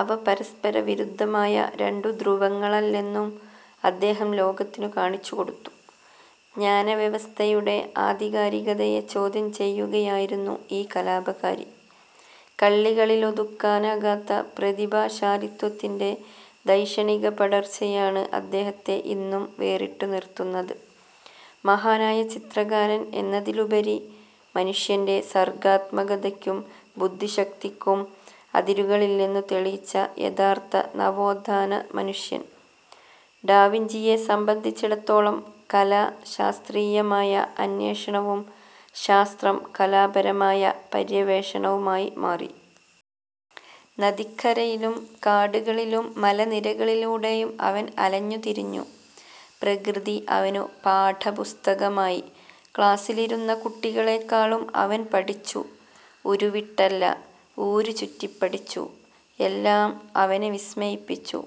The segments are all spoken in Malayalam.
അവ പരസ്പരവിരുദ്ധമായ രണ്ടു ധ്രുവങ്ങളല്ലെന്നു അദ്ദേഹം ലോകത്തിനു കാണിച്ചുകൊടുത്തു. ജ്ഞാനവ്യവസ്ഥയുടെ ആധികാരികതയെ ചോദ്യം ചെയ്യുകയായിരുന്നു ഈ കലാപകാരി. കള്ളികളിലൊതുക്കാനാകാത്ത പ്രതിഭാശാലിത്വത്തിന്റെ ധൈഷണികപടർച്ചയാണ് അദ്ദേഹത്തെ ഇന്നും വേറിട്ടുനിർത്തുന്നത്. മഹാനായ ചിത്രകാരൻ എന്നതിലുപരി, മനുഷ്യന്റെ സർഗാത്മകതയ്ക്കും ബുദ്ധിശക്തിക്കും അതിരുകളില്ലെന്നു തെളിയിച്ച യഥാർഥ നവോത്ഥാന മനുഷ്യൻ. ഡാവിഞ്ചിയെ സംബന്ധിച്ചിടത്തോളം കല ശാസ്ത്രീയമായ അന്വേഷണവും ശാസ്ത്രം കലാപരമായ പര്യവേഷണവുമായി മാറി. നദിക്കരയിലും കാടുകളിലും മലനിരകളിലൂടെയും അവൻ അലഞ്ഞുതിരിഞ്ഞു. പ്രകൃതി അവനു പാഠപുസ്തകമായി. ക്ലാസിലിരുന്ന കുട്ടികളേക്കാളും അവൻ പഠിച്ചു. ഉരുവിട്ടല്ല, ഊരുചുറ്റി പഠിച്ചു. എല്ലാം അവനെ വിസ്മയിപ്പിച്ചു;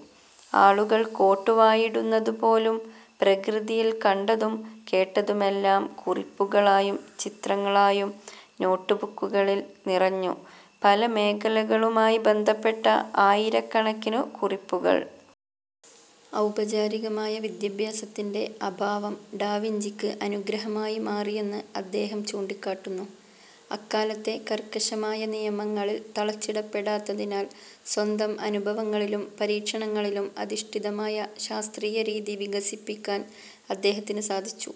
ആളുകൾ കോട്ടുവായിടുന്നതു പോലും. പ്രകൃതിയിൽ കണ്ടതും കേട്ടതുമെല്ലാം കുറിപ്പുകളായും ചിത്രങ്ങളായും നോട്ട്ബുക്കുകളിൽ നിറഞ്ഞു. പല മേഖലകളുമായി ബന്ധപ്പെട്ട ആയിരക്കണക്കിനു കുറിപ്പുകൾ. ഔപചാരികമായ വിദ്യാഭ്യാസത്തിന്റെ അഭാവം ഡാവിഞ്ചിക്ക് അനുഗ്രഹമായി മാറിയെന്ന് അദ്ദേഹം ചൂണ്ടിക്കാട്ടുന്നു. അക്കാലത്തെ കർക്കശമായ നിയമങ്ങളിൽ തളച്ചിടപ്പെടാത്തതിനാൽ, സ്വന്തം അനുഭവങ്ങളിലും പരീക്ഷണങ്ങളിലും അധിഷ്ഠിതമായ ശാസ്ത്രീയ രീതി വികസിപ്പിക്കാൻ അദ്ദേഹത്തിനു സാധിച്ചു.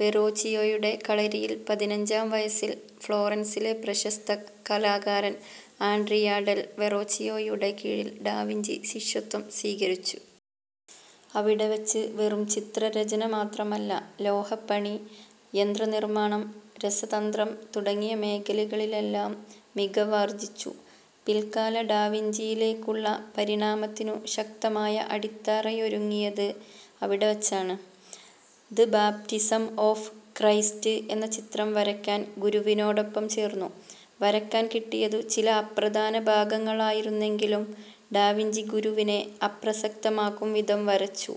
വെറോച്ചിയോയുടെ കളരിയിൽ പതിനഞ്ചാം വയസ്സിൽ ഫ്ലോറൻസിലെ പ്രശസ്ത കലാകാരൻ ആൻഡ്രിയ ഡെൽ വെറോച്ചിയോയുടെ കീഴിൽ ഡാവിഞ്ചി ശിഷ്യത്വം സ്വീകരിച്ചു. അവിടെ വച്ച് വെറും ചിത്രരചന മാത്രമല്ല, ലോഹപ്പണി, യന്ത്രനിർമാണം, രസതന്ത്രം തുടങ്ങിയ മേഖലകളിലെല്ലാം മികവാർജിച്ചു. പിൽക്കാല ഡാവിഞ്ചിയിലേക്കുള്ള പരിണാമത്തിനു ശക്തമായ അടിത്തറയൊരുങ്ങിയത് അവിടെ വച്ചാണ്. 'ദ് ബാപ്റ്റിസം ഓഫ് ക്രൈസ്റ്റ്' എന്ന ചിത്രം വരയ്ക്കാൻ ഗുരുവിനൊപ്പം ചേർന്നു. വരയ്ക്കാൻ കിട്ടിയതു ചില അപ്രധാന ഭാഗങ്ങളായിരുന്നെങ്കിലും ഡാവിഞ്ചി ഗുരുവിനെ അപ്രസക്തമാക്കും വിധം വരച്ചു.